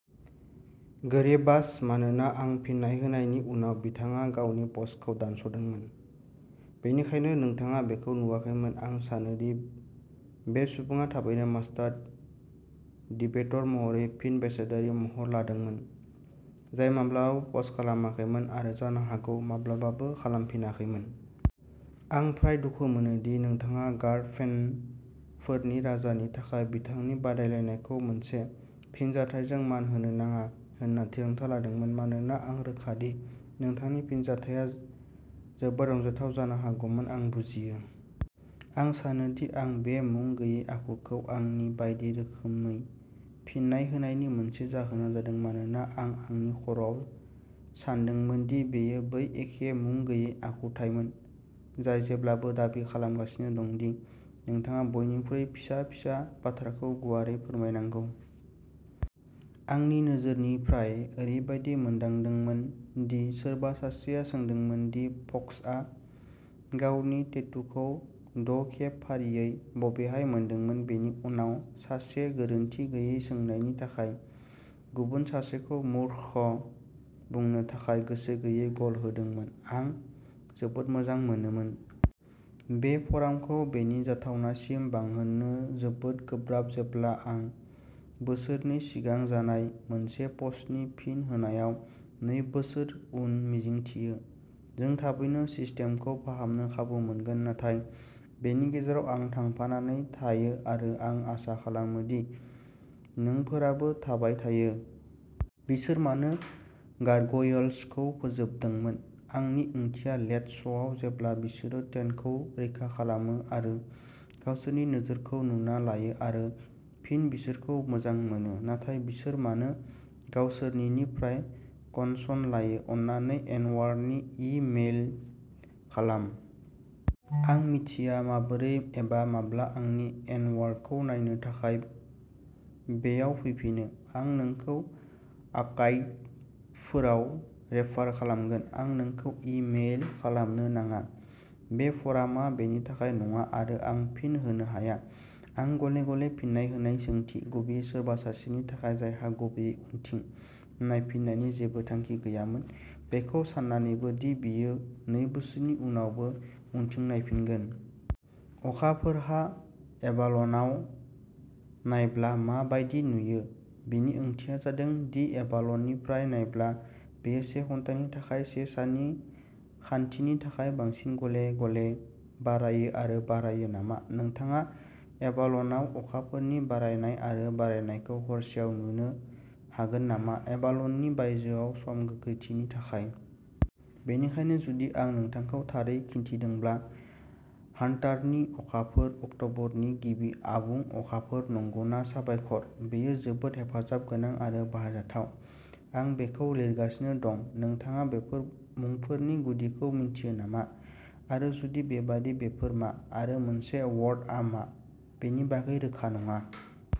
गोरेबाश, मानोना आं फिननाय होनायनि उनाव बिथाङा गावनि पस्टखौ दानस'दोंमोन। बेनिखायनो नोंथाङा बेखौ नुवाखैमोन। आं सानो दि बे सुबुङा थाबैनो मास्टार डिबेट'र महरै फिन बेसादारि महर लादोंमोन, जाय माब्लाबाबो पस्ट खालामाखैमोन आरो जानो हागौ माब्लाबाबो खालामफिनाखैमोन। आं फ्राय दुखु मोनो दि नोंथाङा गार्ग फेनफोरनि राजा नि थाखाय बिथांनि बादायलायनायखौ मोनसे फिनजाथायजों मान होनो नाङा होनना थिरांथा लादोंमोन, मानोना आं रोखा दि नोंथांनि फिनजाथाया जोबोद रंजाथाव जानो हागौमोन। आं बुजियो। आं सानो दि आं बे मुं गैयै आखुखौ आंनि बायदि रोखोमै फिननाय होनायनि मोनसे जाहोना जादों मानोना आं आंनि खर'आव सानदोंमोन दि बेयो बै एखे मुं गैयै आखुथाइमोन जाय जेब्लाबो दाबि खालामगासिनो दं दि नोंथाङा बयनिख्रुइ फिसा फिसा बाथ्राखौ गुवारै फोरमायनांगौ। आंनि नोजोरनिफ्राय, ओरैबायदि मोनदोंमोन दि सोरबा सासेया सोंदोंमोन दि फक्सआ गावनि टेटुखौ द'खेब फारियै बबेहाय मोनदोंमोन, बेनि उनाव सासे गोरोनथि गैयै सोंनायनि थाखाय गुबुन सासेखौ मूर्ख बुंनो थाखाय गोसो गैयै गल होदोंमोन। आं जोबोद मोजां मोनोमोन। बे फ'रामखौ बेनि जाथावनासिम बांहोनो जोबोद गोब्राब, जेब्ला आं बोसोरनै सिगां जानाय मोनसे पस्टनि फिन होनायाव नै बोसोर उन। मिजिंथियो, जों थाबैनो सिस्टेमखौ फाहामनो खाबु मोनगोन। नाथाय बेनि गेजेराव, आं थांफानानै थायो आरो आं आसा खालामो दि नोंफोराबो थाबाय थायो। बिसोर मानो गारग'यल्सखौ फोजोबदोंमोन? आंनि ओंथिया, लेट श'आव, जेब्ला बिसोरो ट्रेनखौ रैखा खालामो आरो गावसोरनि नोजोरखौ नुना लायो आरो फिन बिसोरखौ मोजां मोनो। नाथाय बिसोर मानो गावसोरनिनिफ्राय कनसन लायो? अन्नानै एनवारनि इ मेइल खालाम। आं मिथिया माबोरै एबा माब्ला आंनि एनवारखौ नायनो थाखाय बेयाव फैफिनो। आं नोंखौ आर्काइभफोराव रेफार खालामगोन। आं नोंखौ इ मेइल खालामनो नाङा। बे फ'रामआ बेनि थाखाय नङा आरो आं फिन होनो हाया। आं गले-गले फिननाय होनाय सोंथि, गुबैयै सोरबा सासेनि थाखाय जायहा गुबैयै उनथिं नायफिन्नायनि जेबो थांखि गैयामोन, बेखौ सान्नानैबो दि बियो नै बोसोरनि उनावबो उनथिं नायफिगोन। अखाफोरआ एभाल'नाव नायब्ला मा बायदि नुयो? बिनि ओंथिया जादों दि एभाल'ननिफ्राय नायब्ला बेयो से घन्टानि थाखाय से साननि खान्थिनि थाखाय बांसिन गले-गले बारायो आरो बारायो नामा? नोंथाङा एभाल'नाव अखाफोरनि बारायनाय आरो बारायनायखौ हरसेआव नुनो हागोन नामा, एभाल'ननि बायजोआव सम गोख्रैथिनि थाखाय? बेनिखायनो, जुदि आं नोंथांखौ थारै खिन्थिदोंब्ला हान्टारनि अखाफोर अक्ट'बरनि गिबि आबुं अखाफोर। नंगौना? साबायखर। बेयो जोबोद हेफाजाब गोनां आरो बाहायजाथाव। आं बेखौ लिरगासिनो दं। नोंथाङा बेफोर मुंफोरनि गुदिखौ मिन्थियो नामा? आरो जुदि बेबादि, बेफोर मा? आरो मोनसे वर्टआ मा? बेनि बागै रोखा नङा।